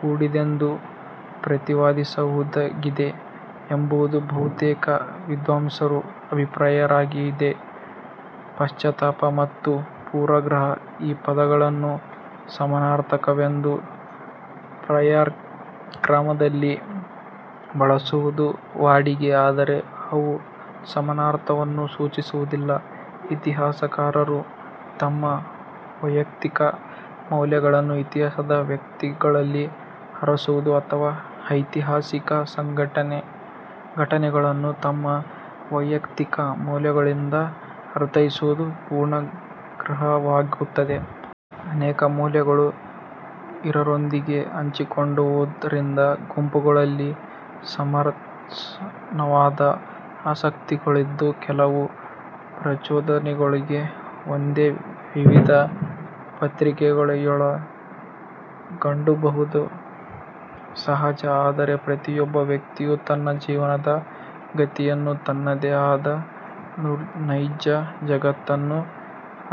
ಕೂಡಿದ್ದೆಂದು ಪ್ರತಿಪಾದಿಸಬಹುದಾಗಿದೆ ಎಂಬುದು ಬಹುತೇಕ ವಿದ್ವಾಂಸರ ಅಭಿಪ್ರಾಯವಾಗಿದೆ. "ಪಕ್ಷಪಾತ" ಮತ್ತು "ಪೂರ್ವಗ್ರಹ" ಈ ಪದಗಳನ್ನು ಸಮಾನಾರ್ಥಕವೆಂದು ಪರ್ಯಾಯ ಕ್ರಮದಲ್ಲಿ ಬಳಸುವುದು ವಾಡಿಕೆ. ಆದರೆ ಅವು ಸಮಾನಾರ್ಥವನ್ನು ಸೂಚಿಸುವುದಿಲ್ಲ. ಇತಿಹಾಸಕಾರರು ತಮ್ಮ ವೈಯಕ್ತಿಕ ಮೌಲ್ಯಗಳನ್ನು ಇತಿಹಾಸದ ವ್ಯಕ್ತಿಗಳಲ್ಲಿ ಅರಸುವುದು ಅಥವಾ ಐತಿಹಾಸಿಕ ಘಟನೆಗಳನ್ನು ತಮ್ಮ ವೈಯಕ್ತಿಕ ಮೌಲ್ಯಗಳಿಂದ ಅರ್ಥೈಸುವುದು ಪೂರ್ವಗ್ರಹವಾಗುತ್ತದೆ. ಅನೇಕ ಮೌಲ್ಯಗಳನ್ನು ಇತರರೊಂದಿಗೆ ಹಂಚಿಕೊಂಡಿರುವುದರಿಂದ, ಗುಂಪುಗಳಲ್ಲಿ ಸರ್ವಸಮ್ಮತವಾದ ಆಸಕ್ತಿಗಳಿದ್ದು ಕೆಲವು ಪ್ರಚೋದನೆಗಳಿಗೆ ಒಂದೇ ವಿಧದ ಪ್ರತಿಕ್ರಿಯೆಗಳು ಕಂಡುಬರುವುದು ಸಹಜ. ಆದರೆ ಪ್ರತಿಯೊಬ್ಬ ವ್ಯಕ್ತಿಯೂ ತನ್ನ ಜೀವನದ ಗತಿಯಲ್ಲಿ ತನ್ನದೇ ಆದ ನೈಜ ಜಗತ್ತನ್ನು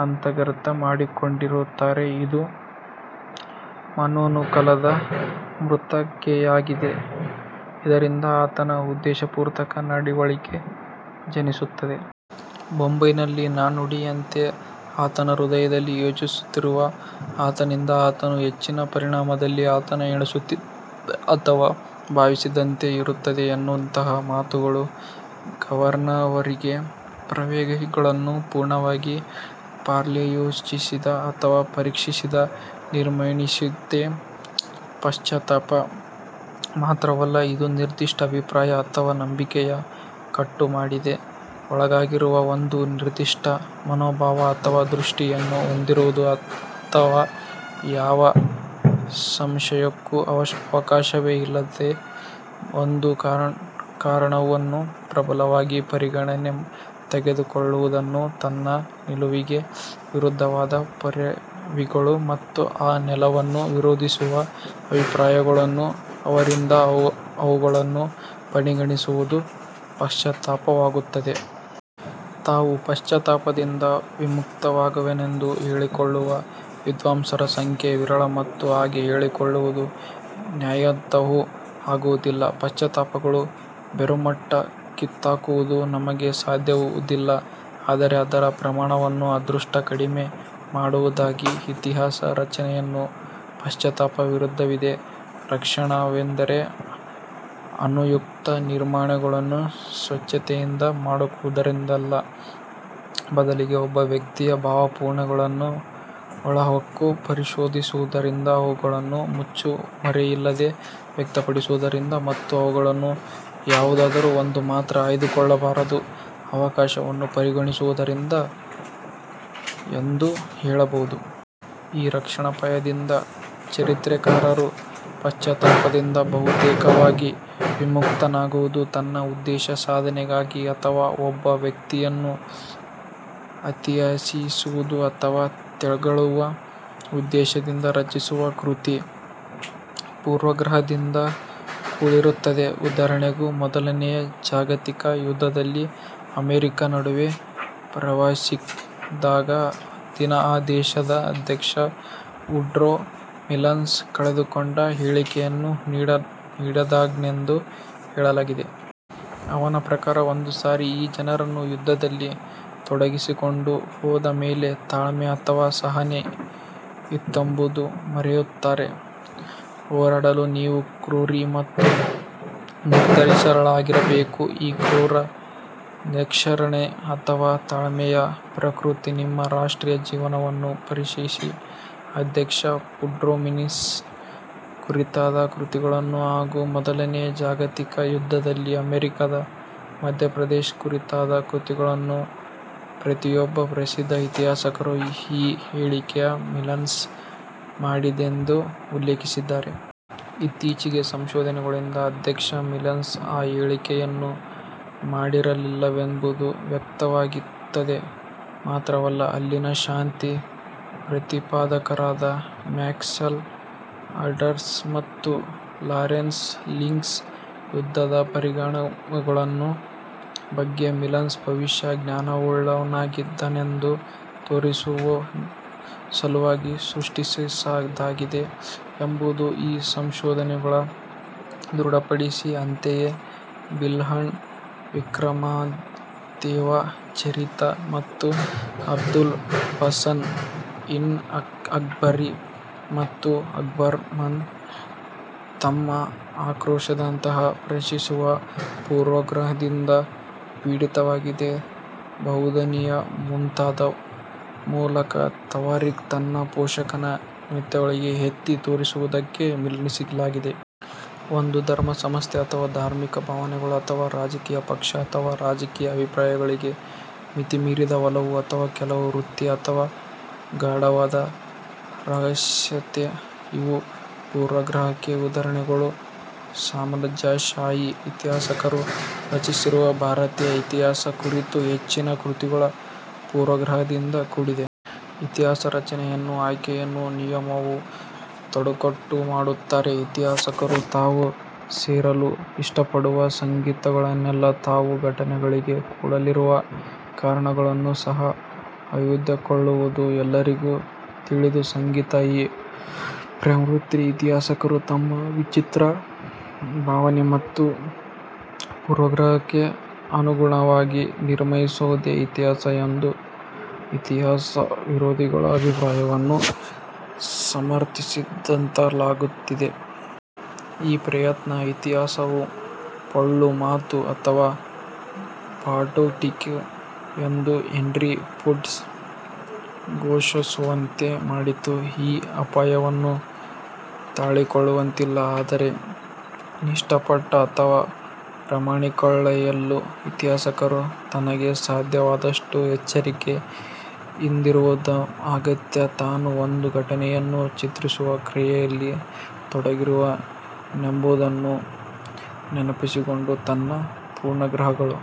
ಅಂತರ್ಗತ ಮಾಡಿಕೊಂಡಿರುತ್ತಾನೆ. ಇದು ಮನೋನುಕೂಲದ ಮಾತೃಕೆಯಾಗಿದ್ದು ಇದರಿಂದ ಆತನ ಉದ್ದೇಶಪೂರ್ವಕ ನಡೆವಳಿ ಜನಿಸುತ್ತದೆ. ಬೈಬಲ್ಲಿನ ನಾಣ್ಣುಡಿಯಂತೆ, "ಆತನ ಹೃದಯಲ್ಲಿ ಯೋಚಿಸುತ್ತಿರುವಂತೆ ಆತನಿದ್ದಾನೆ". "ಆತನು ಹೆಚ್ಚಿನ ಪರಿಣಾಮದಲ್ಲಿ ಆತನು ಎಣಿಸಿದಂತೆ ಅಥವಾ ಭಾವಿಸಿದಂತೆ ಇರುತ್ತಾನೆ" ಎನ್ನುವಂತಹ ಮಾತುಗಳು ಗಮನಾರ್ಹವಾಗಿವೆ. ಪುರಾವೆಗಳನ್ನು ಪೂರ್ಣವಾಗಿ ಪರ್ಯಾಲೋಚಿಸದೆ ಅಥವಾ ಪರೀಕ್ಷಿಸದೆ ನಿರ್ಣಯಿಸುವುದೇ ಪಕ್ಷಪಾತ. ಮಾತ್ರವಲ್ಲ, ಇಂದು ನಿರ್ದಿಷ್ಟ ಅಭಿಪ್ರಾಯ ಅಥವಾ ನಂಬಿಕೆಯ ಕಟ್ಟುಪಾಡಿಗೆ ಒಳಗಾಗಿರುವುದು, ಒಂದು ನಿರ್ದಿಷ್ಟ ಮನೋಭಾವ ಅಥವಾ ದೃಷ್ಟಿಯನ್ನು ಹೊಂದಿರುವುದು ಅಥವಾ ಯಾವ ಸಂಶಯಕ್ಕೂ ಅವಕಾಶವೇ ಇಲ್ಲದಂತೆ ಒಂದು ಕಾರಣವನ್ನು ಪ್ರಬಲವಾಗಿ ಪರಿಗಣನೆಗೆ ತೆಗೆದುಕೊಳ್ಳುವುದು, ತನ್ನ ನಿಲುವಿಗೆ ವಿರುದ್ಧವಾದ ಪುರಾವೆಗಳು ಮತ್ತು ಆ ನಿಲುವನ್ನು ವಿರೋಧಿಸುವ ಅಭಿಪ್ರಾಯಗಳ ಅರಿವಿದ್ದೂ ಅವುಗಳನ್ನು ಪರಿಗಣಿಸದಿರುವುದು ಪಕ್ಷಪಾತವಾಗುತ್ತದೆ. ತಾವು ಪಕ್ಷಪಾತದಿಂದ ವಿಮುಕ್ತವಾಗಿದ್ದೇವೆಂದು ಹೇಳಿಕೊಳ್ಳುವ ವಿದ್ವಾಂಸರ ಸಂಖ್ಯೆ ವಿರಳ ಮತ್ತು ಹಾಗೆ ಹೇಳಿಕೊಳ್ಳುವುದು ನ್ಯಾಯಯುತವೂ ಆಗುವುದಿಲ್ಲ. ಪಕ್ಷಪಾತಗಳನ್ನು ಬೇರುಮಟ್ಟ ಕಿತ್ತುಹಾಕುವುದು ನಮಗೆ ಸಾಧ್ಯವಾಗುವುದಿಲ್ಲ. ಆದರೆ ಅದರ ಪ್ರಮಾಣವನ್ನು ಆದಷ್ಟು ಕಡಿಮೆ ಮಾಡಬಹುದಾಗಿದೆ. ಇತಿಹಾಸ ರಚನೆಯಲ್ಲಿ ಪಕ್ಷಪಾತ ವಿರುದ್ಧವಿರುವ ರಕ್ಷಣೋಪಾಯವೆಂದರೆ ಅನುಪಯುಕ್ತ ನಿರ್ಣಯಗಳನ್ನು ಸ್ವೇಚ್ಛೆಯಿಂದ ಮಾಡುವುದರಿಂದಲ್ಲ. ಬದಲಿಗೆ ಒಬ್ಬ ವ್ಯಕ್ತಿಯ ಪೂರ್ವಭಾವನೆಗಳನ್ನು ಒಳಹೊಕ್ಕು ಪರಿಶೋಧಿಸುವುದರಿಂದ, ಅವುಗಳನ್ನು ಮುಚ್ಚುಮರೆಯಿಲ್ಲದೆ ವ್ಯಕ್ತಪಡಿಸುವುದರಿಂದ ಮತ್ತು ಅವುಗಳಲ್ಲಿ ಯಾವುದಾದರೂ ಒಂದು ಮಾತ್ರ ಆಯ್ದುಕೊಳ್ಳಬಹುದಾದ ಅವಕಾಶವನ್ನು ಪರಿಗಣಿಸುವುದರಿಂದ ಎಂದು ಹೇಳಬಹುದು. ಈ ರಕ್ಷಣೋಪಾಯದಿಂದ ಚರಿತ್ರೆಕಾರನು ಪಕ್ಷಪಾತದಿಂದ ಬಹುತೇಕವಾಗಿ ವಿಮುಕ್ತನಾಗಬಹುದು. ತನ್ನ ಉದ್ದೇಶ ಸಾಧನೆಗಾಗಿ ಅಥವಾ ಒಬ್ಬ ವ್ಯಕ್ತಿಯನ್ನು ಅತಿಶಯಿಸುವ ಅಥವಾ ತೆಗಳುವ ಉದ್ದೇಶದಿಂದ ರಚಿಸುವ ಕೃತಿ ಪೂರ್ವಗ್ರಹದಿಂದ ಕೂಡಿರುತ್ತದೆ. ಉದಾಹರಣೆಗೆ, ಮೊದಲನೆಯ ಜಾಗತಿಕ ಯುದ್ಧದಲ್ಲಿ ಅಮೆರಿಕಾ ನಡುವೆ ಪ್ರವೇಶಿಸಿದಾಗ ಅಂದಿನ ಆ ದೇಶದ ಅಧ್ಯಕ್ಷ ವುಡ್ರೋ ವಿಲ್ಸನ್ ಕೆಳಕಂಡ ಹೇಳಿಕೆಯನ್ನು ನೀಡಿದ್ದಾನೆಂದು ಹೇಳಲಾಗಿದೆ. ಅವನ ಪ್ರಕಾರ, ಒಂದು ಸಾರಿ ಈ ಜನರನ್ನು ಯುದ್ಧದಲ್ಲಿ ತೊಡಗಿಸಿಕೊಂಡು ಹೋದ ಮೇಲೆ ತಾಳ್ಮೆ ಅಥವಾ ಸಹನೆ ಇತ್ತೆಂಬುದನ್ನು ಮರೆಯುತ್ತಾರೆ. ಹೋರಾಡಲು ನೀವು ಕ್ರೂರಿ ಮತ್ತು ನಿರ್ದಯಿಗಳಾಗಿರಬೇಕು. ಈ ಕ್ರೂರ ನಿಷ್ಕರುಣೆ ಅಥವಾ ತಾಳ್ಮೆಯ ಪ್ರಕೃತಿ ನಮ್ಮ ರಾಷ್ಟ್ರೀಯ ಜೀವನವನ್ನು ಪ್ರವೇಶಿಸಿ, ಅಧ್ಯಕ್ಷ ವುಡ್ರೋವಿಲ್ಸನ್ ಕುರಿತಾದ ಕೃತಿಗಳಲ್ಲಿ ಹಾಗೂ ಮೊದಲನೆಯ ಜಾಗತಿಕ ಯುದ್ಧದಲ್ಲಿ ಅಮೆರಿಕಾದ ಮಧ್ಯಪ್ರವೇಶ ಕುರಿತಾದ ಕೃತಿಗಳಲ್ಲಿ ಪ್ರತಿಯೊಬ್ಬ ಪ್ರಸಿದ್ಧ ಇತಿಹಾಸಕಾರನು ಈ ಹೇಳಿಕೆಯು ವಿಲ್ಸನ್ ಮಾಡಿದ್ದೆಂದು ಉಲ್ಲೇಖಿಸಿದ್ದಾರೆ. ಇತ್ತೀಚಿನ ಸಂಶೋಧನೆಗಳಿಂದ ಅಧ್ಯಕ್ಷ ವಿಲ್ಸನ್ ಆ ಹೇಳಿಕೆಯನ್ನು ಮಾಡಿರಲಿಲ್ಲವೆಂಬುದು ವ್ಯಕ್ತವಾಗುತ್ತದೆ. ಮಾತ್ರವಲ್ಲ, ಅಲ್ಲಿನ ಶಾಂತಿ ಪ್ರತಿಪಾದಕರಾದ ಮ್ಯಾಕ್ಸ್ವೆಲ್ ಆಂಡರ್ಸನ್ ಮತ್ತು ಲಾರೆನ್ಸ್ಸ್ಟಾಲಿಂಗ್ಸ್ ಯುದ್ಧದ ಪರಿಣಾಮಗಳ ಬಗ್ಗೆ ವಿಲ್ಸನ್ ಭವಿಷ್ಯ ಜ್ಞಾನವುಳ್ಳವನಾಗಿದ್ದನೆಂದು ತೋರಿಸುವ ಸಲುವಾಗಿ ಸೃಷ್ಟಿಸಿದ್ದಾಗಿದೆ ಎಂಬುದನ್ನು ಈ ಸಂಶೋಧನೆಗಳು ದೃಢಪಡಿಸಿವೆ. ಅಂತೆಯೇ, ಬಿಲ್ಹಣನ ವಿಕ್ರಮಾಂಕದೇವ ಚರಿತ ಮತ್ತು ಅಬುಲ್ ಫಸಲ್ನ ಐನ್ಇ-ಅಕ್ಬರಿ ಮತ್ತು ಅಕ್ಬರ್ನಾಮ ತಮ್ಮ ಆಶ್ರಯದಾತನನ್ನು ಪ್ರಶಂಶಿಸುವ ಪೂರ್ವಗ್ರಹದಿಂದ ಪೀಡಿತವಾಗಿದ್ದರೆ ಬದೌನಿಯ ಮುಂತಕಾಬ್-ವುಲ್-ತವಾರಿಕ್ ತನ್ನ ಪೋಷಕನ ನ್ಯೂನತೆಗಳನ್ನು ಎತ್ತಿ ತೋರಿಸುವುದಕ್ಕೆ ಮೀಸಲಾಗಿದೆ. ಒಂದು ಧರ್ಮ ಸಂಸ್ಥೆ ಅಥವಾ ಧಾರ್ಮಿಕ ಭಾವನೆಗಳು, ಅಥವಾ ರಾಜಕೀಯ ಪಕ್ಷ ಅಥವಾ ರಾಜಕೀಯ ಅಭಿಪ್ರಾಯಗಳಿಗೆ ಮಿತಿಮೀರಿದ ಒಲವು, ಅಥವಾ ಕೆಲವು ವೃತ್ತಿ ಅಥವಾ ಗಾಢವಾದ ಅಸಹ್ಯತೆ ಇವೂ ಪೂರ್ವಗ್ರಹಕ್ಕೆ ಉದಾಹರಣೆಗಳು. ಸಾಮ್ರಾಜ್ಯಶಾಹಿ ಇತಿಹಾಸಕಾರರು ರಚಿಸಿರುವ ಭಾರತೀಯ ಇತಿಹಾಸ ಕುರಿತಾದ ಹೆಚ್ಚಿನ ಕೃತಿಗಳು ಪೂರ್ವಗ್ರಹದಿಂದ ಕೂಡಿವೆ. ಇತಿಹಾಸ ರಚನೆಯಲ್ಲಿ ಆಯ್ಕೆಯ ನಿಯಮವು ತೊಡಕುಂಟು ಮಾಡುತ್ತದೆ. ಇತಿಹಾಸಕಾರರು ತಾವು ಸೇರಿಸಲು ಇಷ್ಟಪಡುವ ಸಂಗತಿಗಳನ್ನಲ್ಲದೆ ತಾವು ಘಟನೆಗಳಿಗೆ ಕೊಡಲಿರುವ ಕಾರಣಗಳನ್ನೂ ಸಹ ಆಯ್ದುಕೊಳ್ಳುವುದು ಎಲ್ಲರಿಗೂ ತಿಳಿದ ಸಂಗತಿ. ಈ ಪ್ರವೃತ್ತಿ, ಇತಿಹಾಸಕಾರರು ತಮ್ಮ ವಿಚಿತ್ರ ಭಾವನೆ ಮತ್ತು ಪೂರ್ವಗ್ರಹಕ್ಕೆ ಅನುಗುಣವಾಗಿ ನಿರ್ಮಿಸಿವುದೇ ಇತಿಹಾಸ ಎಂಬ ಇತಿಹಾಸ ವಿರೋಧಿಗಳ ಅಭಿಪ್ರಾಯವನ್ನು ಸಮರ್ಥಿಸಿದಂತಾಗುತ್ತದೆ. ಈ ಪ್ರಯತ್ನ "ಇತಿಹಾಸವು ಪೊಳ್ಳು ಮಾತು ಅಥವಾ ಬೂಟಾಟಿಕೆ" ಎಂದು ಹೆನ್ರಿ ಪೋರ್ಡ್ ಘೋಷಿಸುವಂತೆ ಮಾಡಿತು. ಈ ಅಪಾಯವನ್ನು ತಳ್ಳಿಹಾಕುವಂತಿಲ್ಲ. ಆದರೆ ನಿಷ್ಕಪಟ ಅಥವಾ ಪ್ರಾಮಾಣಿಕತೆಯುಳ್ಳ ಇತಿಹಾಸಕಾರರು ತನಗೆ ಸಾಧ್ಯವಾದಷ್ಟು ಎಚ್ಚರಿಕೆ ಯಿಂದಿರುವುದು ಅಗತ್ಯ. ತಾನು ಒಂದು ಘಟನೆಯನ್ನು ಚಿತ್ರಿಸುವ ಕ್ರಿಯೆಯಲ್ಲಿ ತೊಡಗಿರುವ ನೆಂಬುದನ್ನು ನೆನಪಿಸಿಕೊಂಡು ತನ್ನ ಪೂರ್ವಗ್ರಹಗಳು